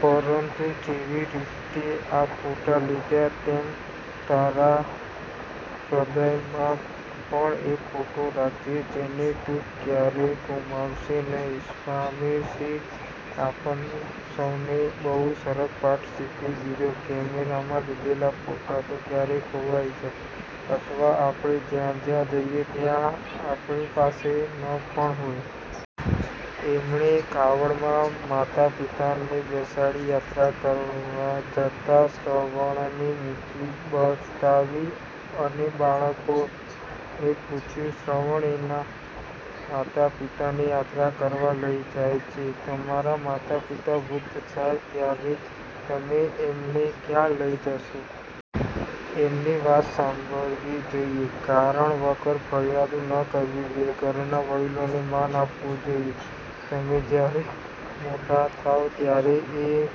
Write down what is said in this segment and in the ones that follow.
પરંતુ જેવી રીતે તેં આ ફોટા લીધા તેમ તારા હૃદયમાં પણ એક ફોટો રાખજે જેને તું કયારેય ગુમાવે નહીં." સ્વામીશ્રીએ આપણને સૌને બહુ સરસ પાઠ શીખવી દીધો. કેમેરામાં લીધેલા ફોટા તો ક્યારેક ખોવાઈ જાય, અથવા આપણે જ્યાં-જ્યાં જઈએ ત્યાં આપણી પાસે ન પણ હોય. એમણે કાવડમાં માતા પિતાને બેસાડી યાત્રા કરવા જતા શ્રવણની મૂર્તિ બતાવી અને બાળકોને પૂછ્યું, "શ્રવણ એના માતા પિતાને યાત્રા કરવા લઇ જાય છે. તમારા માતા પિતા વૃદ્ધ થાય ત્યારે તમે એમને ક્યાં લઇ જશો?" એમની વાત સાંભળવી જોઈએ, કારણ વગર ફરિયાદો ન કરવી જોઈએ, ઘરના વડીલોને માન આપવું જોઈએ. તમે જયારે મોટા થાવ ત્યારે એ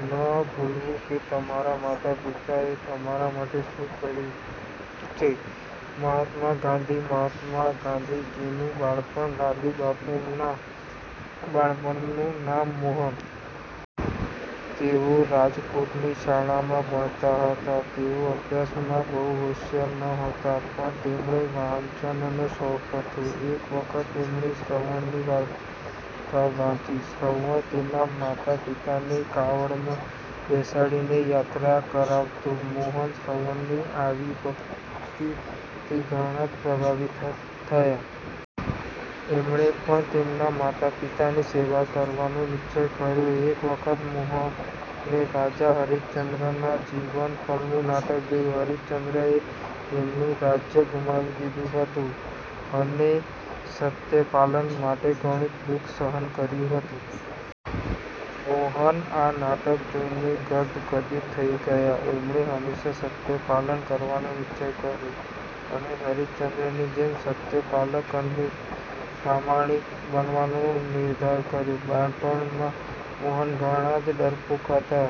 ન ભૂલવું કે તમારા માતા પિતાએ તમારા માટે શું કર્યું છે." મહાત્મા ગાંધીજી: મહાત્મા ગાંધીજીનું બાળપણ: ગાંધીબાપુના બાળપણનું નામ મોહન તેઓ રાજકોટની શાળામાં ભણતા હતા. તેઓ અભ્યાસમાં બહુ હોશિયાર નહોતા, પણ તેમને વાંચનનો શોખ હતો. એક વખત એમણે શ્રવણની વાર્તા વાંચી. શ્રવણ તેના માતા પિતાને કાવડમાં બેસાડીને યાત્રા કરાવતો. મોહન શ્રવણની આવી ભક્તિથી ઘણા જ પ્રભાવિત થયા. એમણે પણ તેમના માતા પિતાની સેવા કરવાનો નિશ્ચય કર્યો. એક વખત મોહને રાજા હરિશ્ચન્દ્રના જીવન પરનું નાટક જોયું. હરિશ્ચન્દ્રએ એમનું રાજ્ય ગુમાવી દીધું હતું, અને સત્યપાલન માટે ઘણું જ દુઃખ સહન કર્યું હતું. મોહન આ નાટક જોઈને ગદગદિત થઈ ગયા. એમણે હંમેશા સત્યપાલન કરવાનો નિશ્ચય કર્યો, અને હરિશ્ચન્દ્રની જેમ સત્યપાલક અને પ્રામાણિક બનવાનો નિર્ધાર કર્યો. બાળપણમાં મોહન ઘણા જ ડરપોક હતા.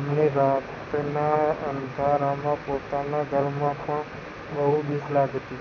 એમને રાતના અંધારામાં પોતાના ઘરમાં પણ બહુ જ બીક લાગતી.